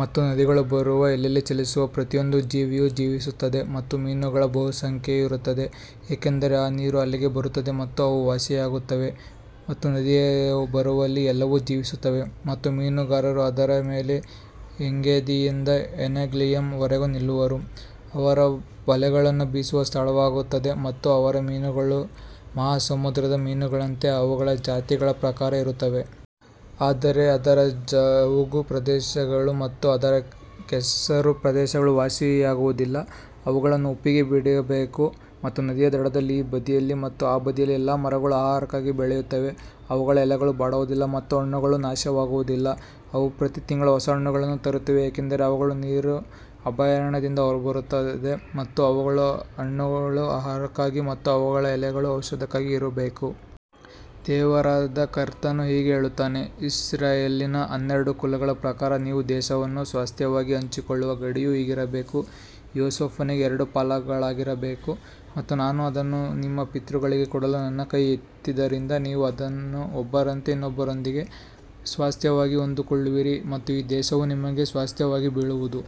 ಮತ್ತು ನದಿಗಳು ಬರುವ ಎಲ್ಲೆಲ್ಲಿ ಚಲಿಸುವ ಪ್ರತಿಯೊಂದು ಜೀವಿಯೂ ಜೀವಿಸುತ್ತದೆ ಮತ್ತು ಮೀನುಗಳ ಬಹುಸಂಖ್ಯೆಯು ಇರುತ್ತದೆ, ಏಕೆಂದರೆ ಈ ನೀರು ಅಲ್ಲಿಗೆ ಬರುತ್ತದೆ ಮತ್ತು ಅವು ವಾಸಿಯಾಗುತ್ತವೆ ಮತ್ತು ನದಿಯು ಬರುವಲ್ಲಿ ಎಲ್ಲವೂ ಜೀವಿಸುತ್ತವೆ. ಮತ್ತು ಮೀನುಗಾರರು ಅದರ ಮೇಲೆ ಎಂಗೇದಿಯಿಂದ ಎನೆಗ್ಲಯಿಮ್ ವರೆಗೆ ನಿಲ್ಲುವರು, ಅವರು ಬಲೆಗಳನ್ನು ಬೀಸುವ ಸ್ಥಳವಾಗುತ್ತದೆ ಮತ್ತು ಅವರ ಮೀನುಗಳು ಮಹಾಸಮುದ್ರದ ಮೀನುಗಳಂತೆ ಅವುಗಳ ಜಾತಿಗಳ ಪ್ರಕಾರ ಇರುತ್ತವೆ. ಆದರೆ ಅದರ ಜವುಗು ಪ್ರದೇಶಗಳು ಮತ್ತು ಅದರ ಕೆಸರು ಪ್ರದೇಶಗಳು ವಾಸಿಯಾಗುವುದಿಲ್ಲ, ಅವುಗಳನ್ನು ಉಪ್ಪಿಗೆ ಬಿಡಬೇಕು. ಮತ್ತು ನದಿಯ ದಡದಲ್ಲಿ ಈ ಬದಿಯಲ್ಲಿ ಮತ್ತು ಆ ಬದಿಯಲ್ಲಿ ಎಲ್ಲಾ ಮರಗಳು ಆಹಾರಕ್ಕಾಗಿ ಬೆಳೆಯುತ್ತವೆ, ಅವುಗಳ ಎಲೆಗಳು ಬಾಡುವುದಿಲ್ಲ ಮತ್ತು ಅವುಗಳ ಹಣ್ಣುಗಳು ನಾಶವಾಗುವುದಿಲ್ಲ, ಅವು ಪ್ರತಿತಿಂಗಳು ಹೊಸ ಹಣ್ಣುಗಳನ್ನು ತರುತ್ತವೆ, ಏಕೆಂದರೆ ಅವುಗಳ ನೀರು ಅಭಯಾರಣ್ಯದಿಂದ ಹೊರಬರುತ್ತದೆ ಮತ್ತು ಅವುಗಳ ಹಣ್ಣುಗಳು ಆಹಾರಕ್ಕಾಗಿ ಮತ್ತು ಅವುಗಳ ಎಲೆಗಳು ಔಷಧಕ್ಕಾಗಿ ಇರಬೇಕು. ದೇವರಾದ ಕರ್ತನು ಹೀಗೆ ಹೇಳುತ್ತಾನೆ, ಇಸ್ರಾಯೇಲಿನ ಹನ್ನೆರಡು ಕುಲಗಳ ಪ್ರಕಾರ ನೀವು ದೇಶವನ್ನು ಸ್ವಾಸ್ತ್ಯವಾಗಿ ಹಂಚಿಕೊಳ್ಳುವ ಗಡಿಯು ಹೀಗಿರಬೇಕು, ಯೋಸೇಫನಿಗೆ ಎರಡು ಪಾಲುಗಳಾಗಿರಬೇಕು. ಮತ್ತು ನಾನು ಅದನ್ನು ನಿಮ್ಮ ಪಿತೃಗಳಿಗೆ ಕೊಡಲು ನನ್ನ ಕೈ ಎತ್ತಿದ್ದರಿಂದ ನೀವು ಅದನ್ನು ಒಬ್ಬರಂತೆ ಇನ್ನೊಬ್ಬರೊಂದಿಗೆ ಸ್ವಾಸ್ತ್ಯವಾಗಿ ಹೊಂದಿಕೊಳ್ಳುವಿರಿ ಮತ್ತು ಈ ದೇಶವು ನಿಮಗೆ ಸ್ವಾಸ್ತ್ಯವಾಗಿ ಬೀಳುವುದು.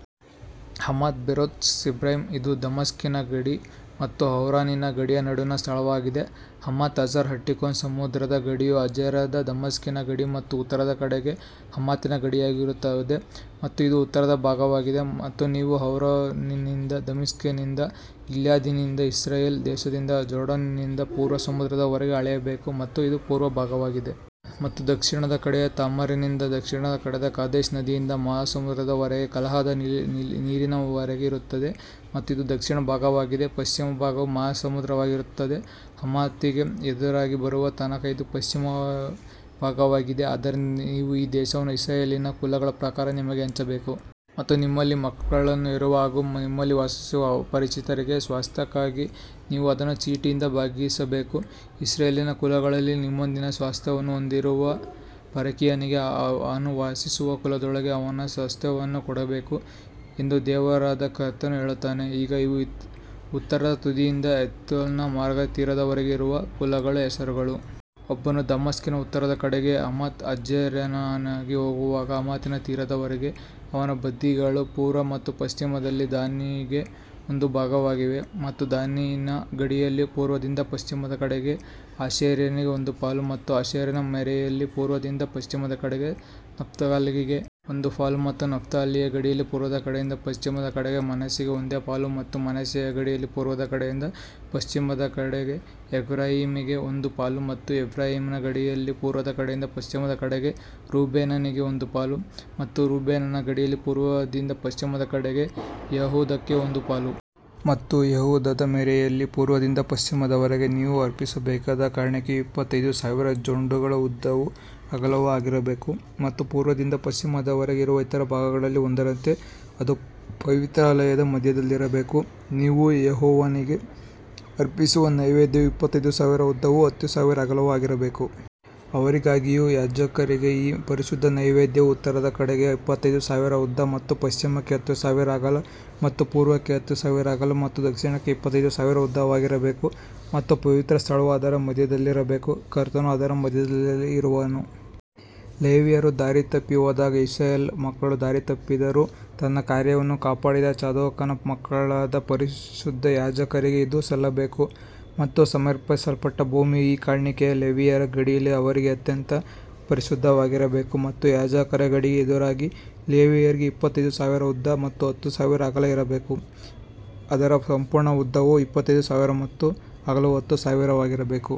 ಹಮಾತ್, ಬೆರೋಥಾ, ಸಿಬ್ರೈಮ್, ಇದು ದಮಸ್ಕಿನ ಗಡಿ ಮತ್ತು ಹೌರಾನಿನ ಗಡಿಯ ನಡುವಿನ ಸ್ಥಳವಾಗಿದೆ. ಹಮಾತ್ ಹಜರ್ ಹಟ್ಟಿಕೋನ್ ಸಮುದ್ರದ ಗಡಿಯು ಹಜರೇನಾನ್ ದಮಸ್ಕಿನ ಗಡಿ ಮತ್ತು ಉತ್ತರದ ಕಡೆಗೆ ಹಮಾತಿನ ಗಡಿಯಾಗಿರುತ್ತದೆ, ಮತ್ತು ಇದು ಉತ್ತರ ಭಾಗವಾಗಿದೆ. ಮತ್ತು ನೀವು ಹೌರಾನಿನಿಂದ ದಮಸ್ಕಿನಿಂದ ಗಿಲ್ಯಾದಿನಿಂದ ಇಸ್ರಾಯೇಲ್ ದೇಶದಿಂದ ಜೋರ್ಡಾನಿನಿಂದ ಪೂರ್ವ ಸಮುದ್ರದವರೆಗೆ ಅಳೆಯಬೇಕು, ಮತ್ತು ಇದು ಪೂರ್ವ ಭಾಗವಾಗಿದೆ. ಮತ್ತು ದಕ್ಷಿಣದ ಕಡೆಯು ತಾಮಾರಿನಿಂದ ದಕ್ಷಿಣದ ಕಡೆಗೆ ಕಾದೇಶ್ ನದಿಯಿಂದ ಮಹಾಸಮುದ್ರದವರೆಗೆ ಕಲಹದ ನೀರಿನವರೆಗೆ ಇರುತ್ತದೆ, ಮತ್ತು ಇದು ದಕ್ಷಿಣ ಭಾಗವಾಗಿದೆ. ಪಶ್ಚಿಮ ಭಾಗವು ಮಹಾಸಮುದ್ರವಾಗಿರುತ್ತದೆ, ಹಮಾತಿಗೆ ಎದುರಾಗಿ ಬರುವ ತನಕ ಇದು ಪಶ್ಚಿಮ ಭಾಗವಾಗಿದೆ. ಆದ್ದರಿಂದ ನೀವು ಈ ದೇಶವನ್ನು ಇಸ್ರಾಯೇಲಿನ ಕುಲಗಳ ಪ್ರಕಾರ ನಿಮಗೆ ಹಂಚಬೇಕು. ಮತ್ತು ನಿಮ್ಮಲ್ಲಿ ಮಕ್ಕಳನ್ನು ಹೆರುವ ಹಾಗೂ ನಿಮ್ಮಲ್ಲಿ ವಾಸಿಸುವ ಅಪರಿಚಿತರಿಗೆ ಸ್ವಾಸ್ತ್ಯಕ್ಕಾಗಿ ನೀವು ಅದನ್ನು ಚೀಟಿಯಿಂದ ಭಾಗಿಸಬೇಕು. ಇಸ್ರಾಯೇಲಿನ ಕುಲಗಳಲ್ಲಿ ನಿಮ್ಮೊಂದಿಗೆ ಸ್ವಾಸ್ತ್ಯವನ್ನು ಹೊಂದಿರುವ ಪರಕೀಯನಿಗೆ ಅವನು ವಾಸಿಸುವ ಕುಲದೊಳಗೆ ಅವನ ಸ್ವಾಸ್ತ್ಯವನ್ನು ಕೊಡಬೇಕು ಎಂದು ದೇವರಾದ ಕರ್ತನು ಹೇಳುತ್ತಾನೆ. ಈಗ ಇವು ಉತ್ತರದ ತುದಿಯಿಂದ ಹೆತ್ಲೋನ್ ಮಾರ್ಗದ ತೀರದವರೆಗೆ ಇರುವ ಕುಲಗಳ ಹೆಸರುಗಳು. ಒಬ್ಬನು ದಮಸ್ಕಿನ ಉತ್ತರದ ಕಡೆಗೆ ಹಮಾತ್ ಹಜರೇನಾನಿಗೆ ಹೋಗುವಾಗ ಹಮಾತಿನ ತೀರದವರೆಗೆ, ಅವನ ಬದಿಗಳು ಪೂರ್ವ ಮತ್ತು ಪಶ್ಚಿಮದಲ್ಲಿ ದಾನಿಗೆ ಒಂದು ಭಾಗವಾಗಿವೆ. ಮತ್ತು ದಾನಿನ ಗಡಿಯಲ್ಲಿ ಪೂರ್ವದಿಂದ ಪಶ್ಚಿಮದ ಕಡೆಗೆ ಆಶೇರನಿಗೆ ಒಂದು ಪಾಲು, ಮತ್ತು ಆಶೇರನ ಮೇರೆಯಲ್ಲಿ ಪೂರ್ವದಿಂದ ಪಶ್ಚಿಮದ ಕಡೆಗೆ ನಫ್ತಾಲಿಗೆ ಒಂದು ಪಾಲು, ಮತ್ತು ನಫ್ತಾಲಿಯ ಗಡಿಯಲ್ಲಿ ಪೂರ್ವದ ಕಡೆಯಿಂದ ಪಶ್ಚಿಮದ ಕಡೆಗೆ ಮನಸ್ಸೆಗೆ ಒಂದು ಪಾಲು, ಮತ್ತು ಮನಸ್ಸೆಯ ಗಡಿಯಲ್ಲಿ ಪೂರ್ವದ ಕಡೆಯಿಂದ ಪಶ್ಚಿಮದ ಕಡೆಗೆ ಎಫ್ರಾಯೀಮಿಗೆ ಒಂದು ಪಾಲು, ಮತ್ತು ಎಫ್ರಾಯೀಮನ ಗಡಿಯಲ್ಲಿ ಪೂರ್ವದ ಕಡೆಯಿಂದ ಪಶ್ಚಿಮದ ಕಡೆಗೆ ರೂಬೇನನಿಗೆ ಒಂದು ಪಾಲು, ಮತ್ತು ರೂಬೇನನ ಗಡಿಯಲ್ಲಿ ಪೂರ್ವದಿಂದ ಪಶ್ಚಿಮದ ಕಡೆಗೆ ಯೆಹೂದಕ್ಕೆ ಒಂದು ಪಾಲು. ಮತ್ತು ಯೆಹೂದದ ಮೇರೆಯಲ್ಲಿ ಪೂರ್ವದಿಂದ ಪಶ್ಚಿಮದವರೆಗೆ ನೀವು ಅರ್ಪಿಸಬೇಕಾದ ಕಾಣಿಕೆಯು ಇಪ್ಪತ್ತೈದು ಸಾವಿರ ಜೊಂಡುಗಳ ಉದ್ದವೂ ಅಗಲವೂ ಆಗಿರಬೇಕು, ಮತ್ತು ಪೂರ್ವದಿಂದ ಪಶ್ಚಿಮದವರೆಗೆ ಇರುವ ಇತರ ಭಾಗಗಳಲ್ಲಿ ಒಂದರಂತೆ ಅದು ಪವಿತ್ರಾಲಯದ ಮಧ್ಯದಲ್ಲಿರಬೇಕು. ನೀವು ಯೆಹೋವನಿಗೆ ಅರ್ಪಿಸುವ ನೈವೇದ್ಯವು ಇಪ್ಪತ್ತೈದು ಸಾವಿರ ಉದ್ದವೂ ಹತ್ತು ಸಾವಿರ ಅಗಲವೂ ಆಗಿರಬೇಕು. ಅವರಿಗಾಗಿಯೂ ಯಾಜಕರಿಗೆ ಈ ಪರಿಶುದ್ಧ ನೈವೇದ್ಯವು ಉತ್ತರದ ಕಡೆಗೆ ಇಪ್ಪತ್ತೈದು ಸಾವಿರ ಉದ್ದ ಮತ್ತು ಪಶ್ಚಿಮಕ್ಕೆ ಹತ್ತು ಸಾವಿರ ಅಗಲ ಮತ್ತು ಪೂರ್ವಕ್ಕೆ ಹತ್ತು ಸಾವಿರ ಅಗಲ ಮತ್ತು ದಕ್ಷಿಣಕ್ಕೆ ಇಪ್ಪತ್ತೈದು ಸಾವಿರ ಉದ್ದವಾಗಿರಬೇಕು, ಮತ್ತು ಪವಿತ್ರ ಸ್ಥಳವು ಅದರ ಮಧ್ಯದಲ್ಲಿರಬೇಕು. ಕರ್ತನು ಅದರ ಮಧ್ಯದಲ್ಲಿ ಇರುವನು. ಲೇವಿಯರು ದಾರಿತಪ್ಪಿ ಹೋದಾಗ ಇಸ್ರಾಯೇಲ್ ಮಕ್ಕಳು ದಾರಿತಪ್ಪಿದರೂ ನನ್ನ ಕಾರ್ಯವನ್ನು ಕಾಪಾಡಿದ ಚಾದೋಕನ ಮಕ್ಕಳಾದ ಪರಿಶುದ್ಧ ಯಾಜಕರಿಗೆ ಇದು ಸಲ್ಲಬೇಕು. ಮತ್ತು ಸಮರ್ಪಿಸಲ್ಪಟ್ಟ ಭೂಮಿಯ ಈ ಕಾಣಿಕೆಯು ಲೇವಿಯರ ಗಡಿಯಲ್ಲಿ ಅವರಿಗೆ ಅತ್ಯಂತ ಪರಿಶುದ್ಧವಾಗಿರಬೇಕು. ಮತ್ತು ಯಾಜಕರ ಗಡಿಗೆ ಎದುರಾಗಿ ಲೇವಿಯರಿಗೆ ಇಪ್ಪತ್ತೈದು ಸಾವಿರ ಉದ್ದ ಮತ್ತು ಹತ್ತು ಸಾವಿರ ಅಗಲ ಇರಬೇಕು, ಅದರ ಸಂಪೂರ್ಣ ಉದ್ದವು ಇಪ್ಪತ್ತೈದು ಸಾವಿರ ಮತ್ತು ಅಗಲವು ಹತ್ತು ಸಾವಿರವಾಗಿರಬೇಕು.